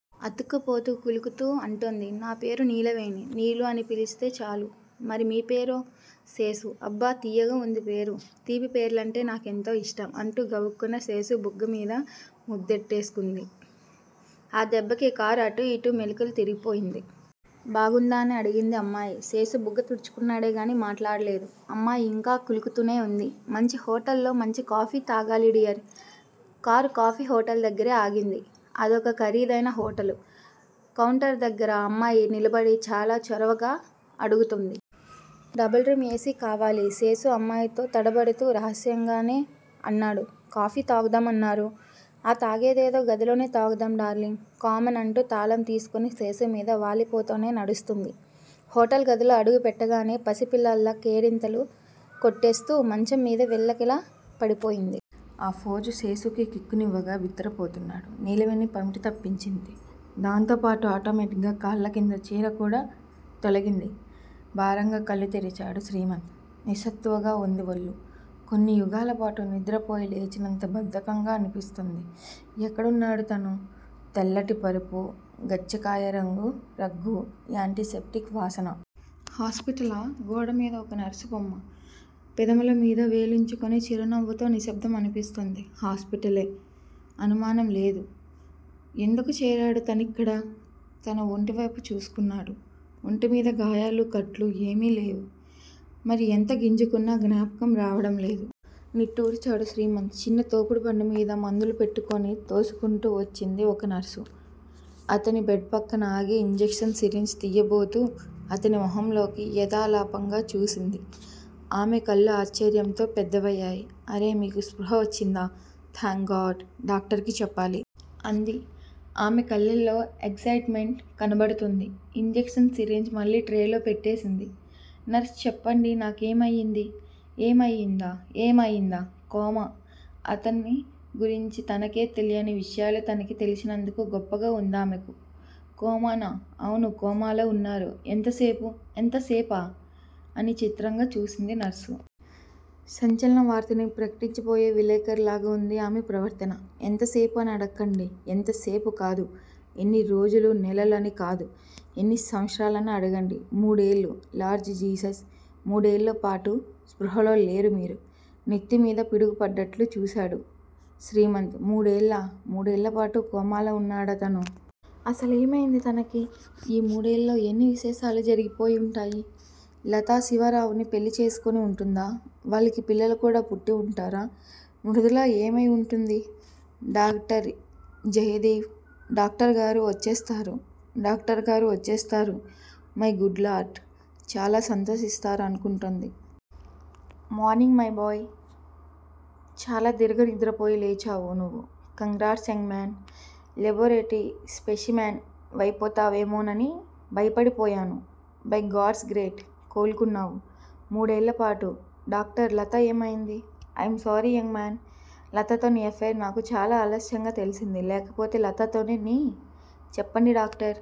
అతుక్కుపోతూ, కులుకుతూ అంటోంది. నా పేరు నీలవేణి. నీలూ అని పిలిస్తే చాలు. మరి మీ పేరో, శేషు అబ్బ తియ్యగా వుంది పేరు. తీపి పేర్లంటే నా కెంతో యిష్టం అంటూ గబుక్కున శేషుబుగ్గ మీద ముద్దెట్టేసుకుంది. ఆ దెబ్బకి కారు అటూ ఇటూ మెలికలు తిరిగిపోయింది. బాగుందా? అని అడిగింది అమ్మాయి. శేషు బుగ్గ తుడుచుకున్నాడే గాని మాటాడలేదు. అమ్మాయి యింకా కులుకుతూనే వుంది. మాంచి హోటల్లో మాంచి కాఫీ తాగాలి డియర్! కారు కాఫీ హోటల్ దగ్గిరే ఆగింది. అదొక ఖరీదైన హోటలు. కౌంటరు దగ్గిర అమ్మాయి నిలబడి చాలా చొరవగా అడుగుతోంది. Double room A. సి. కావాలి! శేషు అమ్మాయితో తడబడుతూ రహస్యంగానే అన్నాడు. 'కాఫీ తాగుదామన్నారు! ఆ తాగేదేదో గదిలోనే తాగుదాం డార్లింగ్. కమాన్ అంటూ తాళం తీసుకుని శేషు-మీద వాలిపోతే నడుస్తోంది. హోటల్ గదిలో అడుగు పెట్టగానే పసిపిల్లలా కేరింతలు కొట్టేస్తూ మంచం మీద వెల్లకిలా పడిపోయింది. ఆ ఫోజు శేషుకి కిక్కునివ్వగా బిత్తర పోతున్నాడు. నీలవేణి పమిట తప్పించింది. దాంతోపాటు ఆటోమేటిగ్గా కాళ్ళకింద చీరకూడ తొలగింది. భారంగా కళ్ళు తెరిచాడు శ్రీమంత్! నిస్సత్తువగా ఉంది ఒళ్ళు. కొన్ని యుగాలపాటు నిద్రపోయి లేచినంత బద్దకంగా అనిపిస్తోంది. ఎక్కడున్నాడు తను? తెల్లటి పరుపు, గచ్చకాయరంగు రగ్గూ, యాంటీ సెప్టిక్ వాసనా! హాస్పిటళా? గోడ మీద ఒక నర్సుబొమ్మ, పెదిమల మీద వేలుంచుకుని చిరునవ్వుతో నిశ్శబ్దం అన్పిస్తోంది. హాస్పిటలే! అనుమానం లేదు. ఎందుకు చేరాడు తనిక్కడ? తన ఒంటి వైపు చూసుకున్నాడు. ఒంటి మీద గాయాలూ, కట్లూ ఏమీ లేవు. మరి? ఎంత గింజుకున్నా జ్ఞాపకం రావడం లేదు. నిట్టూర్చాడు శ్రీమంత్. చిన్న తోపుడు బండిమీద మందులు పెట్టుకుని తోసుకుంటూ వచ్చింది ఒక నర్సు. అతని బెడ్ పక్కన ఆగి, ఇంజెక్షన్ సిరెంజ్ తియ్యబోతూ అతని మొహంలోకి యధాలాపంగా చూసింది. ఆమె కళ్ళు ఆశ్చర్యంతో పెద్దవయ్యాయి. అరె! మీకు స్పృహ వచ్చిందా! Thank God! డాక్టర్ కి చెప్పాలి! అంది. ఆమె కళ్ళలో ఎక్సయిట్ మెంట్ కనబడుతోంది. ఇంజెక్షన్ సిరెంజి మళ్ళీ ట్రేలో పెట్టేసింది. నర్స్ చెప్పండి నాకేమయింది? ఏమయిందా? ఏమయిందా? కోమా! అతన్ని గురించి అతనికే తెలియని విషయాలు తనకి తెలిసినందుకు గొప్పగా ఉందామెకు. కోమానా? అవును! కోమాలో ఉన్నారు. ఎంతసేపు? ఎంతసేపా? అని చిత్రంగా చూసింది నర్సు. సంచలనవార్తని ప్రకటించబోయే విలేఖరిలాగా ఉంది ఆమె ప్రవర్తన. ఎంతసేపు అని అడక్కండి. ఎంతసేపు కాదు. ఎన్ని రోజులూ నెలలూ అని కాదు. ఎన్ని సంవత్సరాలని అడగండి. మూడేళ్ళు! Lord Jesus! మూడేళ్ళపాటు స్పృహలో లేరు మీరు! నెత్తిమీద పిడుగు పడ్డట్లు చూశాడు శ్రీమంత్. మూడేళ్ళా? మూడేళ్ళపాటు కోమాలో ఉన్నాడా తను? అసలేమైంది తనకి? ఈ మూడేళ్ళలో ఎన్ని విశేషాలు జరిగిపోయి ఉంటాయి? లతా శివరావుని పెళ్ళి చేసేసుకుని ఉంటుందా? వాళ్ళకి పిల్లలు కూడా పుట్టి ఉంటారా? మృదుల ఏమై వుంటుంది? డాక్టర్, జయదేవ్? డాక్టరుగారు వచ్చేస్తారు! డాక్టరుగారు వచ్చేస్తారు! My good lord! చాలా సంతోషిస్తారు అనుకుంటోంది. Morning my boy! చాలా దీర్ఘనిద్రపోయి లేచావు నువ్వు! Congrats young men! Laboratory specimen వైపోతావేమోనని భయపడిపోయాను. బై గాడ్స్ గ్రేస్, కోలుకున్నావు. మూడేళ్ళపాటు డాక్టర్! లత ఏమైంది? I am sorry young man! లతతో నీ అఫెయిర్ నాకు చాలా ఆలస్యంగా తెలిసింది. లేకపోతే లతతోనే నీ చెప్పండి డాక్టర్!